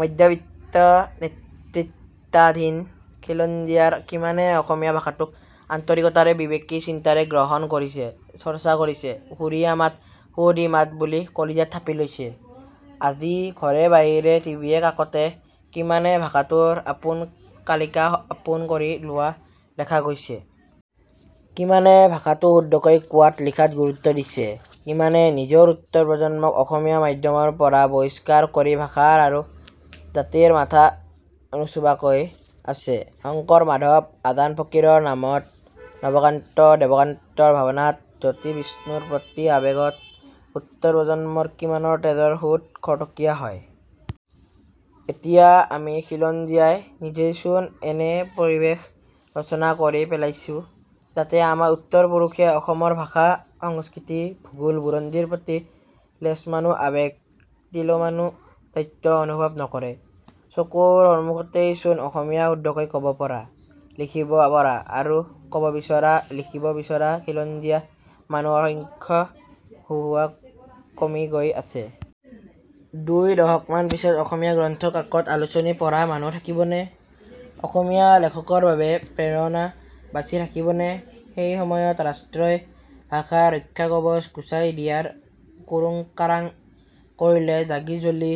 মধ্যবিত্ত নেতৃত্বাধীন খিলঞ্জীয়াৰ কিমানে অসমীয়া ভাষাটোক আন্তৰিকতাৰে বিবেকী চিন্তাৰে গ্ৰহণ কৰিছে, চৰ্চা কৰিছে, সুৰীয়া মাত, সুৱদী মাত বুলি কলিজাত থাপি লৈছে? আজি ঘৰে-বাহিৰে, টিভিয়ে-কাকতে কিমানে ভাষাটোৰ আপোন কালিকা আপোন কৰি লোৱা দেখা গৈছে? কিমানে ভাষাটো শুদ্ধকৈ কোৱাত, লিখাত গুৰুত্ব দিছে? কিমানে নিজৰ উত্তৰ প্ৰজন্মক অসমীয়া মাধ্যমৰ পৰা বহিষ্কাৰ কৰি ভাষাৰ আৰু জাতিৰ মাথা নোচোবোৱাকৈ আছে? শংকৰ-মাধৱ, আজান ফকীৰৰ নামত, নৱকান্ত-দেৱকান্তৰ ভাৱনাত, জ্যোতি-বিষ্ণুৰ প্ৰতি আবেগত উত্তৰ প্ৰজন্মৰ কিমানৰ তেজৰ সোঁত খৰতকীয়া হয়? এতিয়া আমি খিলঞ্জীয়াই নিজেইচোন এনে পৰিৱেশ ৰচনা কৰি পেলাইছোঁ যাতে আমাৰ উত্তৰ পুৰুষে অসমৰ ভাষা, সংস্কৃতি, ভূগোল, বুৰঞ্জীৰ প্ৰতি লেশমানো আৱেগ, তিলমানো দায়িত্ব অনুভৱ নকৰে। চকুৰ সমুখতেইচোন অসমীয়া শুদ্ধকৈ ক'ব পৰা, লিখিব পৰা আৰু ক'ব বিচৰা, লিখিব বিচৰা খিলঞ্জীয়া মানুহৰ সংখ্যা হোহোৱাই কমি গৈ আছে। দুই দশকমান পিছত অসমীয়া গ্ৰন্থ, কাকত, আলোচনী পঢ়া মানুহ থাকিবনে? অসমীয়া লেখকৰ বাবে প্ৰেৰণা বাচি থাকিবনে? সেই সময়ত ৰাষ্ট্ৰই ভাষাৰ ৰক্ষাকৱচ গুচাই দিয়াৰ কুৰুংকাৰাং কৰিলে জাগি-জ্বলি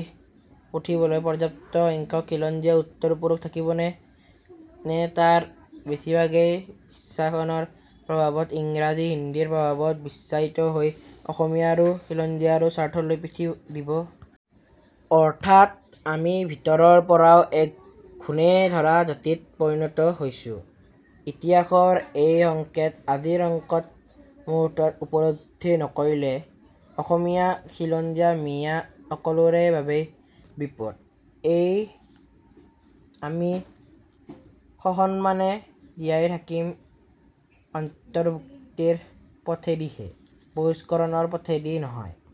উঠিবলৈ পৰ্যাপ্ত সংখ্যক খিলঞ্জীয়া উত্তৰ পুৰুষ থাকিবনে নে তাৰ বেছিভাগেই বিশ্বায়নৰ প্ৰভাৱত ইংৰাজী-হিন্দীৰ প্ৰভাৱত বিশ্বায়িত হৈ অসমীয়াৰো খিলঞ্জীয়াৰো স্বাৰ্থলৈ পিঠি দিব? অৰ্থাৎ আমি ভিতৰৰ পৰাও এক ঘূণে ধৰা জাতিত পৰিণত হৈছোঁ। ইতিহাসৰ এই সংকেত আজিৰ সংকট মুহূৰ্তত উপলব্ধি নকৰিলে অসমীয়া, খিলঞ্জীয়া, মিঞা সকলোৰে বাবেই বিপদ। আমি সসন্মানে জীয়াই থাকিম অন্তৰ্ভুক্তিৰ পথেদিহে, বহিষ্কৰণৰ পথেদি নহয়।